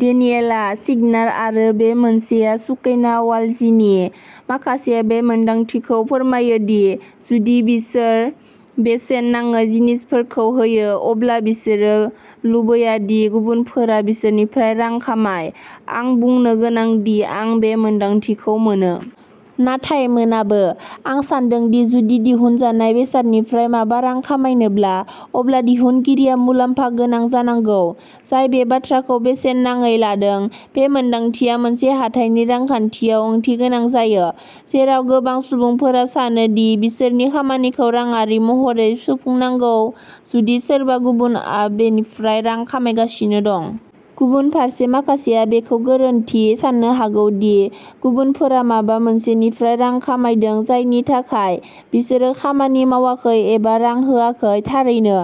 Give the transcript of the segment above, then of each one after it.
Daniela सिगनार आरो बे मोनसेया सुकैना वालजिनि। माखासेया बे मोन्दांथिखौ फोरमायो दि जुदि बिसोर बेसेन नाङै जिनिसफोरखौ होयो। अब्ला बिसोर लुबैया दि गुबुनफोरा बिसोरनिफ्राय रां खामाय। आं बुंनो गोनां दि आं बे मोनदांथिखौ मोनो। नाथाय मोनाबो। आं सान्दों दि जुदि दिहुनजानाय बेसादनिफ्राय माबा रां खामायनोब्ला, अब्ला दिहुनगिरिया मुलाम्फा गोनां जानांगौ। जाय बे बाथ्राखौ बेसेन नाङै लादों। बे मोनदांथिया मोनसे हाथाइनि रांखान्थियाव ओंथिगोनां जायो। जेराव गोबां सुबुंफोरा सानो दि बिसोरनि खामानिखौ रांआरि महरै सुफुंनांगौ जुदि सोरबा गुबुनआ बेनिफ्राय रां खामायगासिनो दं। गुबुन फारसे माखासेया बेखौ गोरोन्थि साननो हागौ दि गुबुनफोरा माबा मोनसेनिफ्राय रां खामायदों जायनि थाखाय बिसोरो खामानि मावाखै एबा रां होआखै। थारैनो।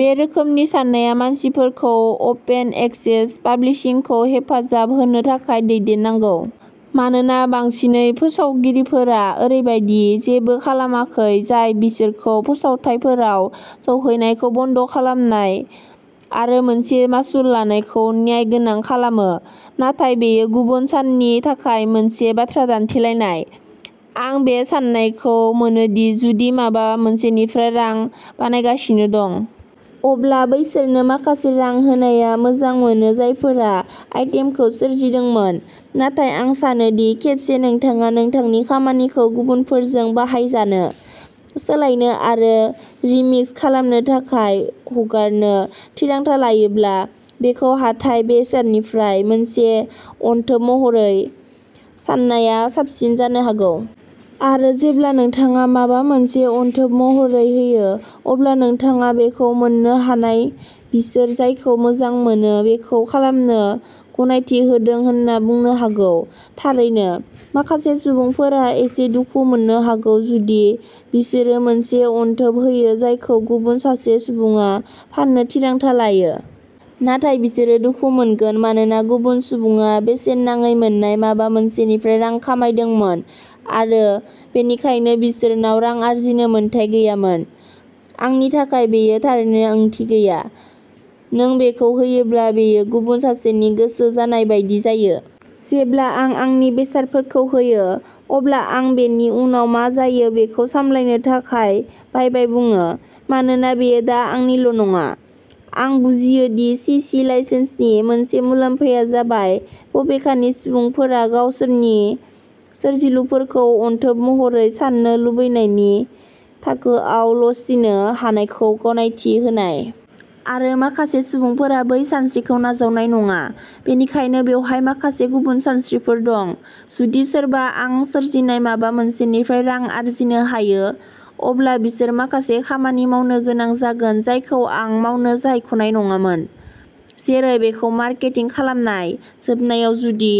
बे रोखोमनि साननाया मानसिफोरखौ अपेन एक्सेस पाब्लिशिंखौ हेफाजाब होनो थाखाय दैदेननांगौ। मानोना, बांसिनै फोसावगिरिफोरा ओरैबायदि जेबो खालामाखै जाय बिसोरखौ फोसावथायफोराव सौहैनायखौ बन्द'खालामनाय आरो मोनसे मासुल लानायखौ न्यायगोनां खालामो। नाथाय बेयो गुबुन साननि थाखाय मोनसे बाथ्रा दान्थेलायनाय। आं बे साननायखौ मोनो दि जुदि माबा मोनसेनिफ्राय रां बानायगासिनो दं। अब्ला बैसोरनो माखासे रां होनाया मोजां मोनो जायफोरा आइटेमखौ सोरजिदोंमोन। नाथाय आं सानो दि खेबसे नोंथाङा नोंथांनि खामानिखौ गुबुनफोरजों बाहायजानो, सोलायनो आरो रिमिक्स खालामनो थाखाय हगारनो थिरांथा लायोब्ला। बेखौ हाथाइ बेसादनिफ्राइ मोनसे अनथोब महरै साननाया साबसिन जानो हागौ। आरो जेब्ला नोंथाङा माबा मोनसे अनथोब महरै होयो। अब्ला नोंथाङा बेखौ मोननो हानाय बिसोर जायखौ मोजां मोनो बेखौ खालामनो गनायथि होदों होनना बुंनो हागौ। थारैनो, माखासे सुबुंफोरा एसे दुखु मोननो हागौ जुदि बिसोरो मोनसे अनथोब होयो जायखौ गुबुन सासे सुबुङा फाननो थिरांथा लायो। नाथाय बिसोर दुखु मोनगोन मानोना गुबुन सुबुङा बेसेन नाङै मोन्नाय माबा मोनसेनिफ्राय रां खामायदोंमोन आरो बेनिखायनो बिसोरनाव रां आर्जिनो मोन्थाइ गैयामोन? आंनि थाखाय बेयो थारैनो ओंथि गैया। नों बेखौ होयोब्ला बेयो गुबुन सासेनि गोसो जानाय बायदि जायो। जेब्ला आं आंनि बेसादफोरखौ होयो। अब्ला आं बेनि उनाव मा जायो बेखौ सामलायनो थाखाय बायबाय बुङो। मानोना बेयो दा आंनिल' नङा। आं बुजियो दि सि सि लाइसेन्सनि मोनसे मुलाम्फाया जाबाय बबेखानि सुबुंफोरा गावसोरनि सोरजिलुफोरखौ अनथोब महरै साननो लुबैनायनि थाखोआव लचिनो हानायखौ गनायथि होनाय। आरो माखासे सुबुंफोरा बै सानस्रिखौ नाजावनाय नङा। बेनिखायनो बेवहाय माखासे गुबुन सानस्रिफोर दं। जुदि सोरबा आं सोरजिनाय माबा मोनसेनिफ्राय रां आर्जिनो हायो। अब्ला बिसोर माखासे खामानि मावनो गोनां जागोन जायखौ आं मावनो सायख'नाय नङामोन। जेरै बेखौ मार्केटिं खालामनाय। जोबनायाव जुदि